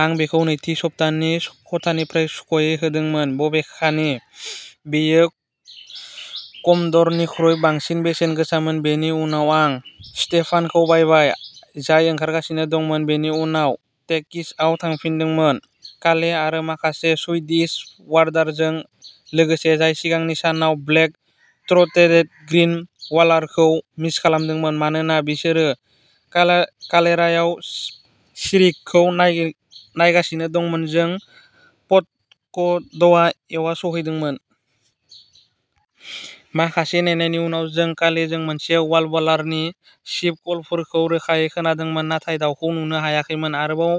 आं बेखौ नैथि सप्तानि खथानिफ्राय सुखुयै होदोंमोन, बबेखानि बेयो कम'डर'निख्रुइ बांसिन बेसेन गोसामोन। बेनि उनाव आं स्टेफानखौ बायबाय, जाय ओंखारगासिनो दंमोन। बेनि उनाव टेक्सिआव थांफिनदोंमोन। काले आरो माखासे सुइडिश वार्डारजों लोगोसे, जाय सिगांनि सानाव ब्लेक-थ्र'टेरेड ग्रीन वार्बलारखौ मिस खालामदोंमोन, मानोना बिसोरो काले कालेरायाव सिरिकखौ नाय नायगासिनो दंमोन, जों प'दक'दवा एक्वा सौहैदोंमोन। माखासे नेनायनि उनाव जों कालेजों मोनसे वार्बलारनि चिप-कलफोरखौ रोखायै खोनादोंमोन, नाथाय दाउखौ नुनो हायाखैमोन। आरोबाव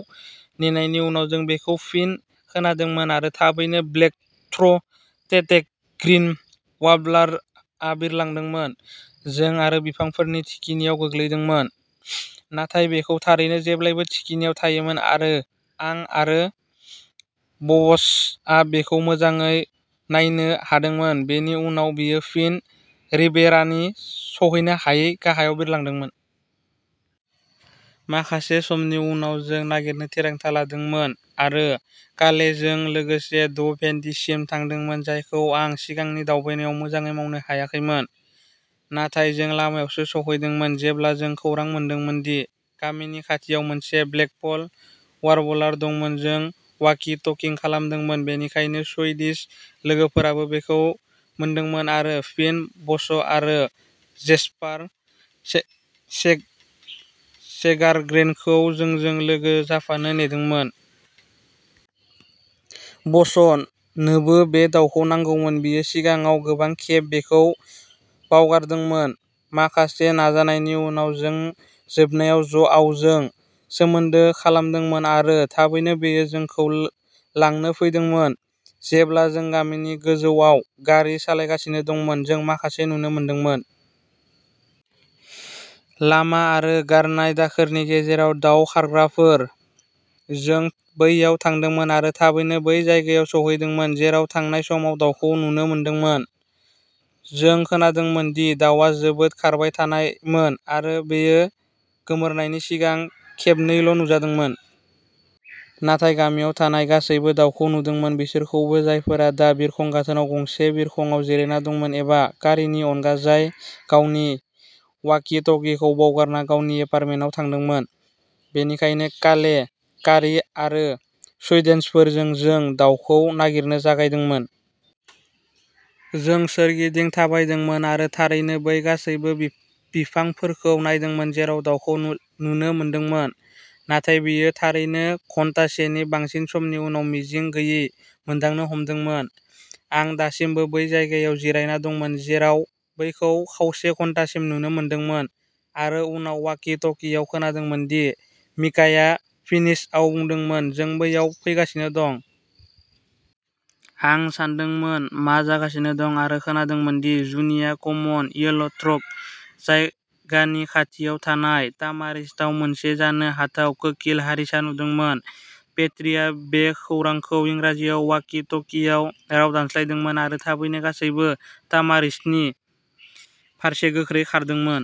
नेनायनि उनाव जों बेखौ फिन खोनादोंमोन आरो थाबैनो ब्लेक-थ्र'टेटेड ग्रीन वार्बलारआ बिरलांदोंमोन। जों आरो बिफांफोरनि थिखिनियाव गोग्लैदोंमोन। नाथाय बेयो थारैनो जेब्लाबो थिखिनियाव थायोमोन आरो आं आरो ब'स'आ बेखौ मोजाङै नायनो हादोंमोन, बेनि उनाव बेयो फिन रिबेरानि सौहैनो हायै गाहायाव बिरलांदोंमोन। माखासे समनि उनाव जों नागारनो थिरांथा लादोंमोन आरो कालेजों लोगोसे डु भिन्टेसिम थांदोंमोन, जायखौ आं सिगांनि दावबायनायाव मोजाङै मावनो हायाखैमोन। नाथाय जों लामायावसो सौहैदोंमोन, जेब्ला जों खौरां मोनदोंमोन दि गामिनि खाथियाव मोनसे ब्लेकपल वार्बलार दंमोन जों वाकी-टकिं खालामदोंमोन, बेनिखायनो सुइडिश लोगोफोराबो बेखौ मोनदोंमोन आरो फिन ब'स' आरो जेस्पार से सेगा सेगारग्रेनखौ जोंजों लोगो जानो नेदोंमोन। ब'स' नोबो बे दाउखौ नांगौमोन बियो सिगाङाव गोबां खेब बेखौ बावगारदोंमोन। माखासे नाजानायनि उनाव जों जोबनायाव ज'आवजों सोमोन्दो खालामदोंमोन आरो थाबैनो बियो जोंखौ लांनो फैदोंमोन। जेब्ला जों गामिनि गोजौआव गारि सालायगासिनो दंमोन, जों माखासे नुनो मोनदोंमोन। लामा आरो गारनाय दाखोरनि गेजेरनि दाव खारग्राफोर। जों बैयाव थांदोंमोन आरो थाबैनो बै जायगायाव सौहैदोंमोन जेराव थांनाय समाव दाउखौ नुनो मोनदोंमोन। जों खोनादोंमोन दि दाउआ जोबोद खारबाय थानायमोन आरो बैयो गोमोरनायनि सिगां खेबनैल' नुजादोंमोन। नाथाय गामियाव थानाय गासैबो दाउखौ नुदोंमोन बिसोरखौबो जायफोरा दा बिरखं गाथोनआव गंसे बिरखंआव जिरायना दंमोन एबा कारीनि अनगा, जाय गावनि वाकी-टकीखौ बावगारना गावनि एपार्टमेन्टआव थांदोंमोन। बेनिखायनो काले, कारी आरो सुइडेनफोरजों जों दाउखौ नागिरनो जागायदोंमोन। जों सोरगिदिं थाबायदोंमोन आरो थारैनो बै गासैबो बि बिफांफोरखौ नायदोंमोन जेराव दाउखौ नु नुनो मोनदोंमोन, नाथाय बेयो थारैनो घन्टासेनि बांसिन समनि उनाव मिजिं गैयै मोनदांनो हमदोंमोन। आं दासिमबो बै जायगायाव जिरायना दंमोन जेराव बैखौ खावसे घन्टासिम नुनो मोनदोंमोन आरो उनाव वाकी-टकीआव खोनादोंमोन दि मिकाया फिनिशआव बुंदोंमोन जों बैयाव फैगासिनो दं। आं सोंदोंमोन मा जागासिनो दं आरो खोनादोंमोन दि जुनिआ कमन येल्ल'थ्र'ट जायगानि खाथियाव थानाय तामारिस्कआव मोनसे जानो हाथाव कोकिल-हारिसा नुदोंमोन। पेट्रीआ बे खौरांखौ इंराजियाव वाकी-टकीआव राव दानस्लायदोंमोन आरो थाबैनो गासैबो तामारिस्कनि फारसे गोख्रै खारदोंमोन।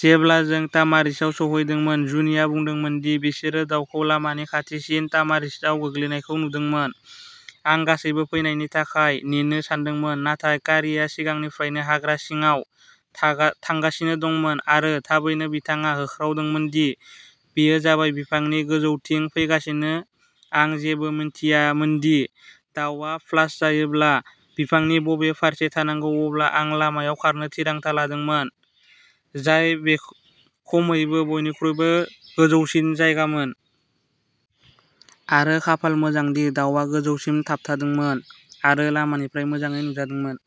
जेब्ला जों तामारिस्कआव सौहैदोंमोन, जुनिआ बुंदोंमोन दि बिसोरो दाउखौ लामानि खाथिसिन तामारिस्कआव गोग्लैनायखौ नुदोंमोन। आं गासैबो फैनायनि थाखाय नेनो सानदोंमोन, नाथाय कारीआ सिगांनिफ्रायनो हाग्रा सिङाव थागा थांगासिनो दंमोन आरो थाबैनो बिथाङा होख्रावदोंमोनदि बेयो जाबाय, बिफांनि गोजौथिं फैगासिनो आं जेबो मिन्थियामोन दि दाउआ फ्लास जायोब्ला बिफांनि बबे फारसे थांनांगौ अब्ला आं लामायाव खारनो थिरांथा लादोंमोन, जाय बे खमैबो बयनिख्रुइबो गोजौसिन जायगामोन। आरो खाफाल मोजां दि दाउआ गोजौसिम थाबथादोंमोन आरो लामानिफ्राय मोजाङै नुजादोंमोन।